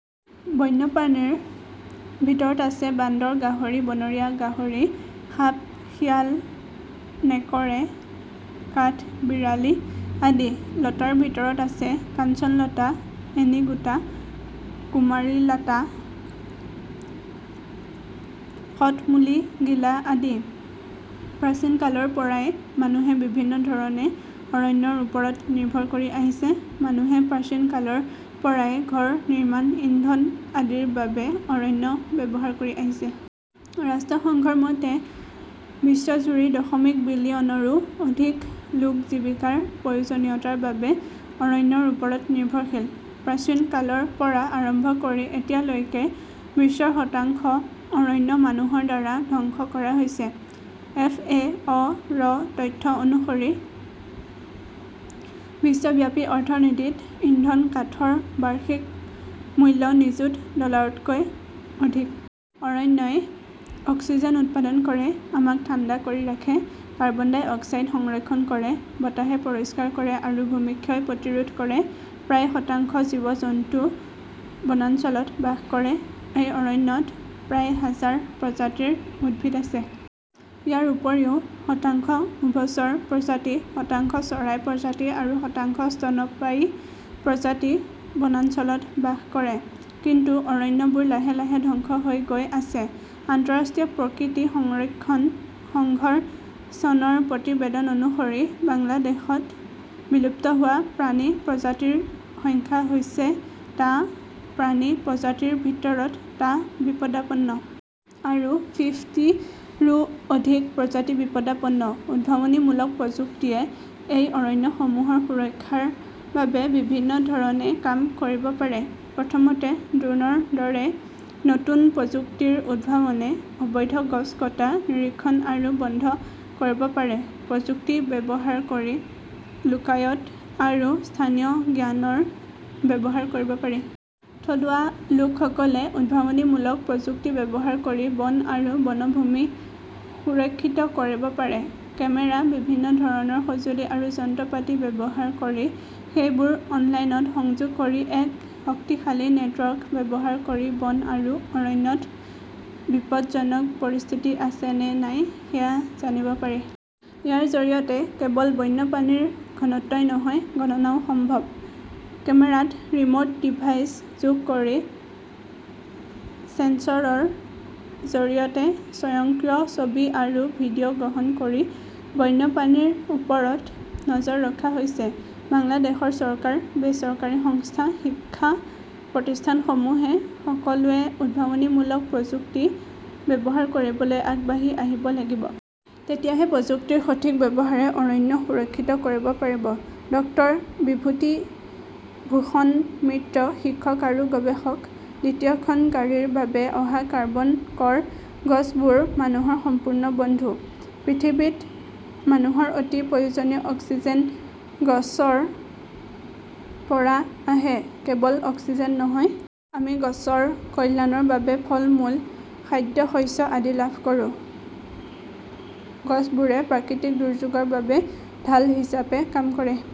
বন্যপ্ৰাণীৰ ভিতৰত আছে বান্দৰ, গাহৰি, বনৰীয়া গাহৰি, সাপ, শিয়াল, নেকড়ে, কাঠবিড়ালী আদি। লতাৰ ভিতৰত আছে কাঞ্চনলতা, এনিগোটা, কুমাৰিলাটা, শতমুলি, গিলা আদি। প্ৰাচীন কালৰ পৰাই মানুহে বিভিন্ন ধৰণে অৰণ্যৰ ওপৰত নিৰ্ভৰ কৰি আহিছে। মানুহে প্ৰাচীন কালৰ পৰাই ঘৰ নিৰ্মাণ, ইন্ধন আদিৰ বাবে অৰণ্য ব্যৱহাৰ কৰি আহিছে। ৰাষ্ট্ৰসংঘৰ মতে, বিশ্বজুৰি দশমিক বিলিয়নৰো অধিক লোক জীৱিকাৰ প্ৰয়োজনীয়তাৰ বাবে অৰণ্যৰ ওপৰত নিৰ্ভৰশীল। প্ৰাচীন কালৰ পৰা আৰম্ভ কৰি এতিয়ালৈকে বিশ্বৰ শতাংশ অৰণ্য মানুহৰ দ্বাৰা ধ্বংস কৰা হৈছে। এফ. এ. অ ৰ তথ্য অনুসৰি, বিশ্বব্যাপী অৰ্থনীতিত ইন্ধন কাঠৰ বাৰ্ষিক মূল্য নিযুত ডলাৰতকৈ অধিক। অৰণ্যই অক্সিজেন উৎপাদন কৰে; আমাক ঠাণ্ডা কৰি ৰাখে। কাৰ্বন ডাই অক্সাইড সংৰক্ষণ কৰে। বতাহে পৰিষ্কাৰ কৰে আৰু ভূমিক্ষয় প্ৰতিৰোধ কৰে। প্ৰায় শতাংশ জীৱ-জন্তু বনাঞ্চলত বাস কৰে। এই অৰণ্যত প্ৰায় হাজাৰ প্ৰজাতিৰ উদ্ভিদ আছে। ইয়াৰ উপৰিও, শতাংশ উভচৰ প্ৰজাতি, শতাংশ চৰাই প্ৰজাতি আৰু শতাংশ স্তন্যপায়ী প্ৰজাতি বনাঞ্চলত বাস কৰে। কিন্তু অৰণ্যবোৰ লাহে লাহে ধ্বংস হৈ গৈ আছে। আন্তঃৰাষ্ট্ৰীয় প্ৰকৃতি সংৰক্ষণ সংঘৰ চনৰ প্ৰতিবেদন অনুসৰি, বাংলাদেশত বিলুপ্ত হোৱা প্ৰাণী প্ৰজাতিৰ সংখ্যা হৈছে টা প্ৰাণী প্ৰজাতিৰ ভিতৰত টা বিপদাপন্ন। আৰু ফিফটি ৰো অধিক প্ৰজাতি বিপদাপন্ন। উদ্ভাৱনীমূলক প্ৰযুক্তিয়ে এই অৰণ্যসমূহৰ সুৰক্ষাৰ বাবে বিভিন্ন ধৰণে কাম কৰিব পাৰে। প্ৰথমতে, ড্ৰোনৰ দৰে নতুন প্ৰযুক্তিৰ উদ্ভাৱনে অবৈধ গছ কটা নিৰীক্ষণ আৰু বন্ধ কৰিব পাৰে। প্ৰযুক্তি ব্যৱহাৰ কৰি লোকায়ত আৰু স্থানীয় জ্ঞানৰ ব্যৱহাৰ কৰিব পাৰি। থলুৱা লোকসকলে উদ্ভাৱনীমূলক প্ৰযুক্তি ব্যৱহাৰ কৰি বন আৰু বনভূমি সুৰক্ষিত কৰিব পাৰে। কেমেৰা, বিভিন্ন ধৰণৰ সঁজুলি আৰু যন্ত্ৰপাতি ব্যৱহাৰ কৰি সেইবোৰ অনলাইনত সংযোগ কৰি এক শক্তিশালী নেটৱৰ্ক ব্যৱহাৰ কৰি বন আৰু অৰণ্যত বিপদজনক পৰিস্থিতি আছে নে নাই সেয়া জানিব পাৰি। ইয়াৰ জৰিয়তে কেৱল বন্যপ্ৰাণীৰ ঘনত্বই নহয়, গণনাও সম্ভৱ। কেমেৰাত ৰিমʼট ডিভাইচ যোগ কৰি ছেন্সৰৰ জৰিয়তে স্বয়ংক্ৰিয় ছবি আৰু ভিডিঅ গ্ৰহণ কৰি বন্যপ্ৰাণীৰ ওপৰত নজৰ ৰখা হৈছে। বাংলাদেশৰ চৰকাৰ, বেচৰকাৰী সংস্থা, শিক্ষা প্ৰতিষ্ঠানসমূহে সকলোৱে উদ্ভাৱনীমূলক প্ৰযুক্তি ব্যৱহাৰ কৰিবলৈ আগবাঢ়ি আহিব লাগিব। তেতিয়াহে প্ৰযুক্তিৰ সঠিক ব্যৱহাৰে অৰণ্য সুৰক্ষিত কৰিব পাৰিব। ডক্টৰ বিভূতিভূষণ মিত্ৰ: শিক্ষক আৰু গৱেষক। দ্বিতীয়খন গাড়ীৰ বাবে অহা কাৰ্বন কৰ গছবোৰ মানুহৰ সম্পূৰ্ণ বন্ধু। পৃথিৱীত মানুহৰ অতি প্ৰয়োজনীয় অক্সিজেন গছৰ পৰা আহে। কেৱল অক্সিজেন নহয়। আমি গছৰ কল্যাণৰ বাবে ফলমূল, খাদ্যশস্য আদি লাভ কৰোঁ। গছবোৰে প্ৰাকৃতিক দুৰ্যোগৰ বাবে ঢাল হিচাপে কাম কৰে।